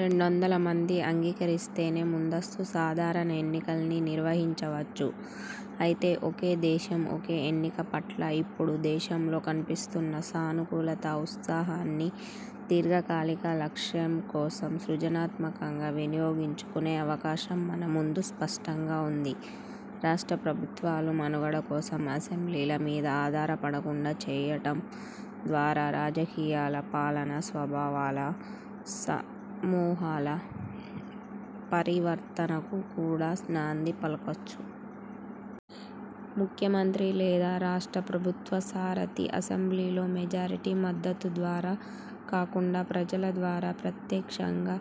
రెండొంతుల మంది అంగీకరిస్తేనే, ముందస్తు సాధారణ ఎన్నికల్ని నిర్వహించవచ్చు. అయితే, ఒకే దేశం – ఒకే ఎన్నిక పట్ల ఇప్పుడు దేశంలో కనిపిస్తున్న సానుకూలత, ఉత్సాహాన్ని దీర్ఘకాలిక లక్ష్యాలకోసం సృజనాత్మకంగా వినియోగించుకునే అవకాశం మన ముందు స్పష్టంగా ఉంది. రాష్ట్ర ప్రభుత్వాలు మనుగడ కోసం అసెంబ్లీల మీద ఆధారపడకుండా చేయటం ద్వారా రాజకీయాల, పాలన స్వభావాల సమూల పరివర్తనకు కూడా నాంది పలకొచ్చు. ముఖ్యమంత్రి లేదా రాష్ట్ర ప్రభుత్వ సారథి అసెంబ్లీలో మెజారిటీ మద్దతు ద్వారా కాకుండా ప్రజల ద్వారా ప్రత్యక్షంగా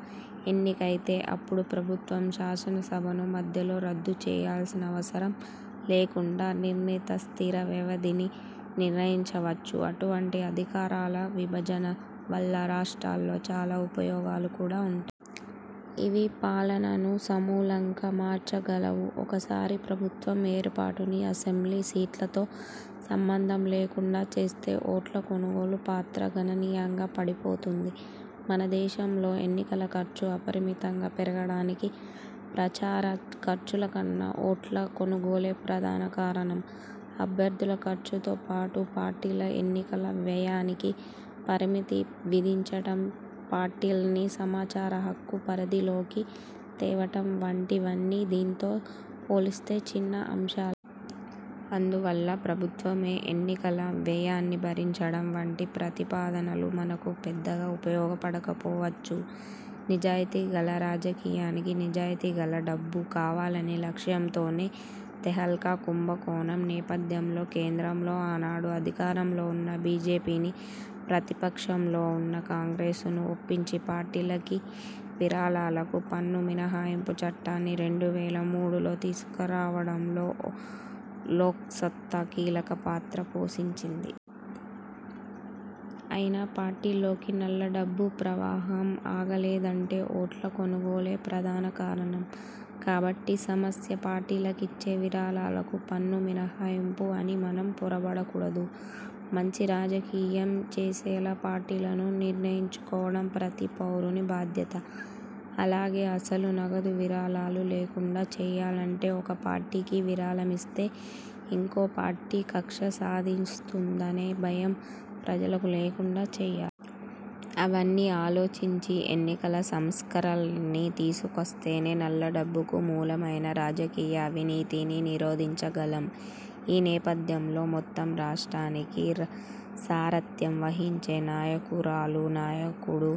ఎన్నికైతేఅప్పుడు ప్రభుత్వం, శాసనసభను మధ్యలో రద్దు చేయాల్సిన అవసరం లేకుండా నిర్ణీత స్థిర వ్యవధిని నిర్ణయించవచ్చు. అటువంటి అధికారాల విభజన వల్ల రాష్ట్రాల్లో చాలా ఉపయోగాలు కూడా ఉంటాయి. ఇవి పాలనను సమూలంగా మార్చగలవు. ఒక్కసారి ప్రభుత్వం ఏర్పాటుని అసెంబ్లీ సీట్లతో సంబంధం లేకుండా చేస్తే, ఓట్ల కొనుగోలు పాత్ర గణనీయంగా పడిపోతుంది. మనదేశంలో ఎన్నికల ఖర్చు అపరిమితంగా పెరగడానికి ప్రచార ఖర్చుకన్నా ఓట్ల కొనుగోలే ప్రధాన కారణం. అభ్యర్థుల ఖర్చుతో పాటు పార్టీల ఎన్నికల వ్యయానికి పరిమితి విధించటం, పార్టీల్ని సమాచార హక్కు పరిధిలోకి తేవటం వంటివన్నీ దీంతో పోలిస్తే చిన్న అంశాలే. అందువల్ల ప్రభుత్వమే ఎన్నికల వ్యయాన్ని భరించటం వంటి ప్రతిపాదనలు మనకు పెద్దగా ఉపయోగపడకపోవచ్చు. నిజాయితీగల రాజకీయానికి నిజాయితీగల డబ్బు కావాలనే లక్ష్యంతోనే, తెహల్కా కుంభకోణం నేపథ్యంలో కేంద్రంలో ఆనాడు అధికారంలో ఉన్న బీజేపీని, ప్రతిపక్షంలో ఉన్న కాంగ్రెస్ ను ఒప్పించి పార్టీలకిచ్చే విరాళాలకు పన్ను మినహాయింపు చట్టాన్ని రెండు వేల మూడులో తీసుకురావటంలో లోక్సత్తా కీలక పాత్ర పోషించింది. అయినా పార్టీల్లోకి నల్లడబ్బు ప్రవాహం ఆగలేదంటే ఓట్ల కొనుగోలే ప్రధాన కారణం. కాబట్టి సమస్య, పార్టీలకిచ్చే విరాళాలకు పన్ను మినహాయింపు అని మనం పొరబడకూడదు. మంచి రాజకీయం చేసేలా పార్టీలను నిర్మించుకోవటం ప్రతి పౌరుని బాధ్యత. అలాగే అసలు నగదు విరాళాలు లేకుండా చేయాలంటే.. ఒక పార్టీకి విరాళమిస్తే ఇంకో పార్టీ కక్ష సాధిస్తుందనే భయం ప్రజలకు లేకుండా చేయాలి. అవన్నీ ఆలోచించి ఎన్నికల సంస్కరణల్ని తీసుకొస్తేనే నల్లడబ్బుకు మూలమైన రాజకీయ అవినీతిని నిరోధించగలం. ఈ నేపథ్యంలో.. మొత్తం రాష్ట్రానికి సారథ్యం వహించే నాయకురాలు ాయకుడు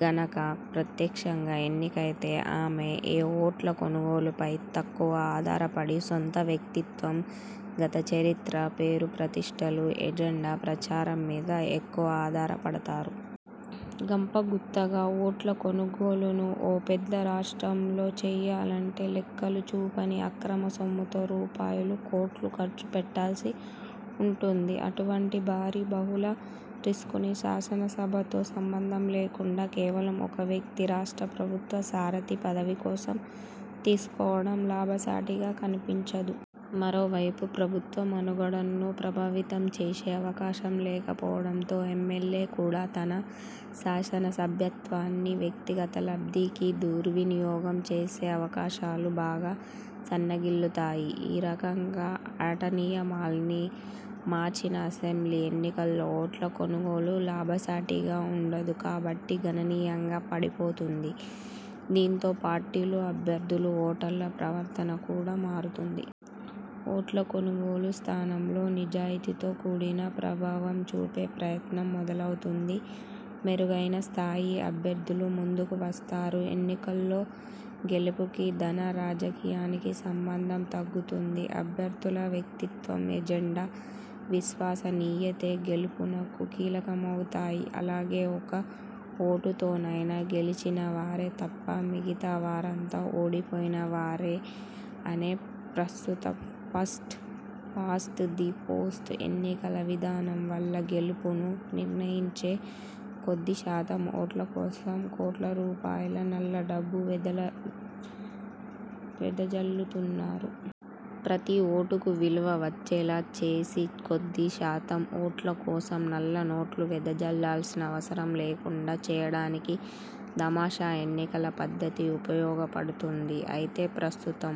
గనక ప్రత్యక్షంగా ఎన్నికైతే, ఆమె ు ఓట్ల కొనుగోలుపై తక్కువ ఆధారపడి సొంత వ్యక్తిత్వం, గత చరిత్ర, పేరుప్రతిష్టలు, ఎజెండా, ప్రచారం మీద ఎక్కువ ఆధారపడతారు. గంపగుత్తగా ఓట్ల కొనుగోలును ఓ పెద్ద రాష్ట్రంలో చేయాలంటే లెక్కలు చూపని, అక్రమ సొమ్ముతో రూపాయలు కోట్లు ఖర్చు పెట్టాల్సి ఉంటుంది. అటువంటి భారీ, బహుళ రిస్కుని శాసన సభ్యులతో సంబంధం లేకుండా కేవలం ఒక వ్యక్తి రాష్ట్ర ప్రభుత్వ సారథి పదవి కోసం తీసుకోవటం లాభసాటిగా కనిపించదు. మరోవైపు, ప్రభుత్వ మనుగడను ప్రభావితం చేసే అవకాశం లేకపోవటంతో ఎమ్మెల్యే కూడా తన శాసనసభ్యత్వాన్ని వ్యక్తిగత లబ్ధికి దుర్వినియోగం చేసే అవకాశాలు బాగా సన్నగిల్లుతాయి. ఈ రకంగా ఆటనియమాల్ని మార్చిన అసెంబ్లీ ఎన్నికల్లో ఓట్ల కొనుగోలు లాభసాటిగా ఉండదు కాబట్టి గణనీయంగా పడిపోతుంది. దీంతో పార్టీలు, అభ్యర్థులు, ఓటర్ల ప్రవర్తన కూడా మారుతుంది. ఓట్ల కొనుగోలు స్థానంలో. నిజాయతీతో కూడిన ప్రభావం చూపే ప్రయత్నం మొదలవుతుంది. మెరుగైన స్థాయి అభ్యర్థులు ముందుకు వస్తారు. ఎన్నికల్లో గెలుపుకి, ధన రాజకీయానికి సంబంధం తగ్గుతుంది. అభ్యర్థుల వ్యక్తిత్వం, ఎజెండా, విశ్వసనీయతే గెలుపునకు కీలకమవుతాయి. అలాగే ఒక్క ఓటుతోనైనా గెలిచినవారే తప్ప మిగిలినవారంతా ఓడిపోయినవారే అనే ప్రస్తుత ఫస్ట్ పాస్ట్ ది పోస్ట్ ఎన్నికల విధానం వల్ల గెలుపును నిర్ణయించే కొద్దిశాతం ఓట్ల కోసం కోట్ల రూపాయల నల్లడబ్బు వెదజల్లుతున్నారు. ప్రతి ఓటుకూ విలువ వచ్చేలా చేసి, కొద్ది శాతం ఓట్ల కోసం నల్ల నోట్లు వెదజల్లాల్సిన అవసరం లేకుండా చేయటానికి దామాషా ఎన్నికల పద్ధతి ఉపయోగపడుతుంది. అయితే ప్రస్తుతం